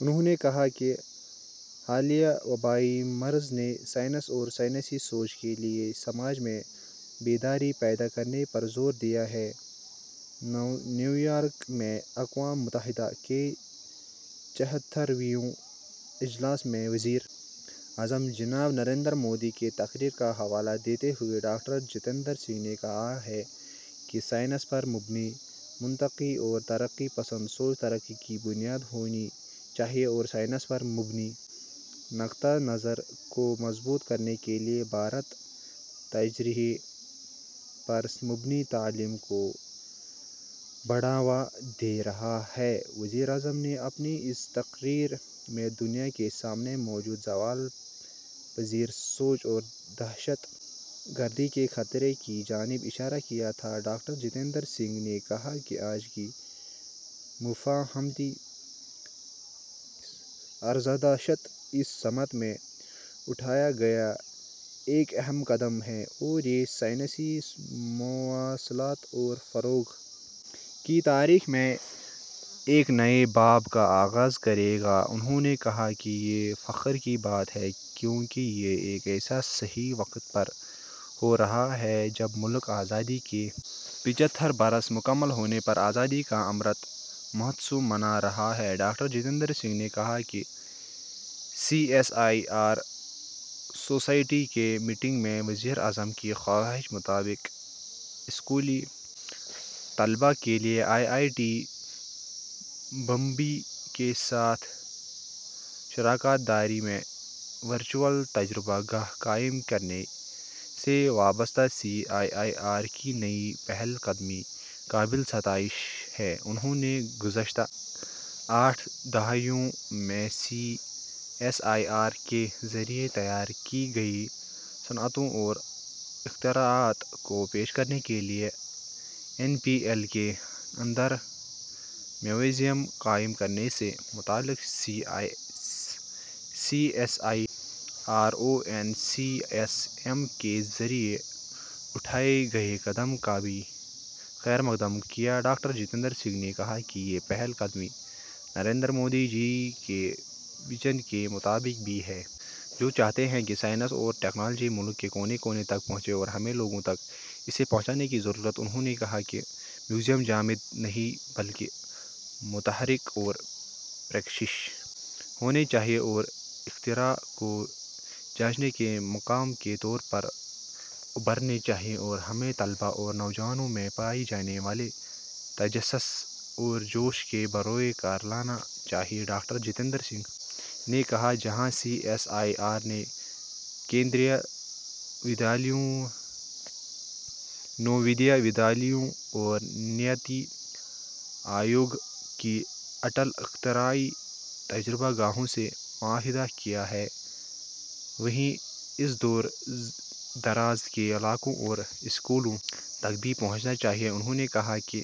انہوں نے کہا کہ حالیہ وبائی مرض نے سائنس اور سائنسی سوچ کے لیے سماج میں بیداری پیدا کرنے پر زور دیا ہے نیویارک میں اقوام متحدہ کے چھہتر ویں اجلاس میں وزیر اعظم جناب نریندر مودی کی تقریر کا حوالہ دیتے ہوئے ڈاکٹر جتیندر سنگھ نے کہا کہ سائنس پر مبنی منطقی اور ترقی پسند سوچ ترقی کی بنیاد ہونی چاہیے اور سائنس پر مبنی نقطہ نظر کو مضبوط کرنے کے لیے بھارت تجربے پر مبنی تعلیم کو بڑھاوا دے رہا ہے وزیر اعظم نے اپنی اس تقریر میں دنیا کے سامنے موجود زوال پذیر سوچ اور دہشت گردی کے خطرے کی جانب اشارہ کیا تھا ڈاکٹر جتیندر سنگھ نے کہا کہ آج کی مفاہمتی عرضداشت اس سمت میں اٹھایا گیا ایک اہم قدم ہے اور یہ سائنسی مواصلات اور فروغ کی تاریخ میں ایک نئے باب کا آغاز کرے گا انہوں نے کہا کہ یہ فخر کی بات ہے کیونکہ یہ ایک ایسے صحیح وقت پر ہو رہا ہے جب ملک آزادی کے پچھتر برس مکمل ہونے پر آزادی کا امرت مہوتسو منا رہا ہے ڈاکٹر جتیندر سنگھ نے کہا کہ C S I R society کی میٹنگ میں وزیر اعظم کی خواہش کے مطابق اسکولی طلبہ کے لیے آئی آئی ٹی بمبئی کے ساتھ شراکت داری میں ورچوئل تجربہ گاہ قائم کرنے سے وابستہ سی ایس آئی آر کی نئی پہل قدمی قابل ستائش ہے انہوں نے گزشتہ آٹھ دہائیوں میں سی ایس آئی آر کے ذریعہ تیار کی گئی صنعتوں اور اختراعات کو پیش کرنے کے لیے این پی ایل کے اندر میوزیم قائم کرنے سے متعلق سی ایس آئی آر اور این سی ایس ایم کے ذریعہ اٹھائے گئے قدم کا بھی خیرمقدم کیا ڈاکٹر جتیندر سنگھ نے کہا کہ یہ پہل قدمی نریندر مودی جی کے ویژن کے مطابق بھی ہے جو چاہتے ہیں کہ سائنس اور ٹیکنالوجی ملک کے کونے کونے تک پہنچے اور ہمیں لوگوں تک اسے پہنچانے کی ضرورت ہے انہوں نے کہا کہ میوزیم جامد نہیں بلکہ متحرک اور پرکشش ہونے چاہئیں اور اختراع کو جانچنے کے مقام کے طور پر ابھرنے چاہئیں اور ہمیں طلبہ اور نوجوانوں میں پائے جانے والے تجسس اور جوش کو بروئے کار لانا چاہیے ڈاکٹر جتیندر سنگھ نے کہا کہ جہاں سی ایس آئی آر نے کیندریہ ودیالیوں نوودیہ ودیالیوں اور نیتی آیوگ کی اٹل اختراعی تجربہ گاہوں سے معاہدہ کیا ہے وہیں اسے دور دراز کے علاقوں اور اسکولوں تک بھی پہنچنا چاہیے انہوں نے کہا کہ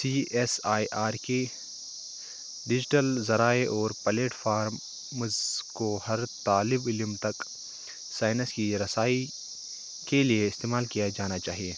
سی ایس آئی آر کے ڈیجیٹل ذرائع اور پلیٹ فارمز کو ہر طالب علم تک سائنس کی رسائی کے لیے استعمال کیا جانا چاہیے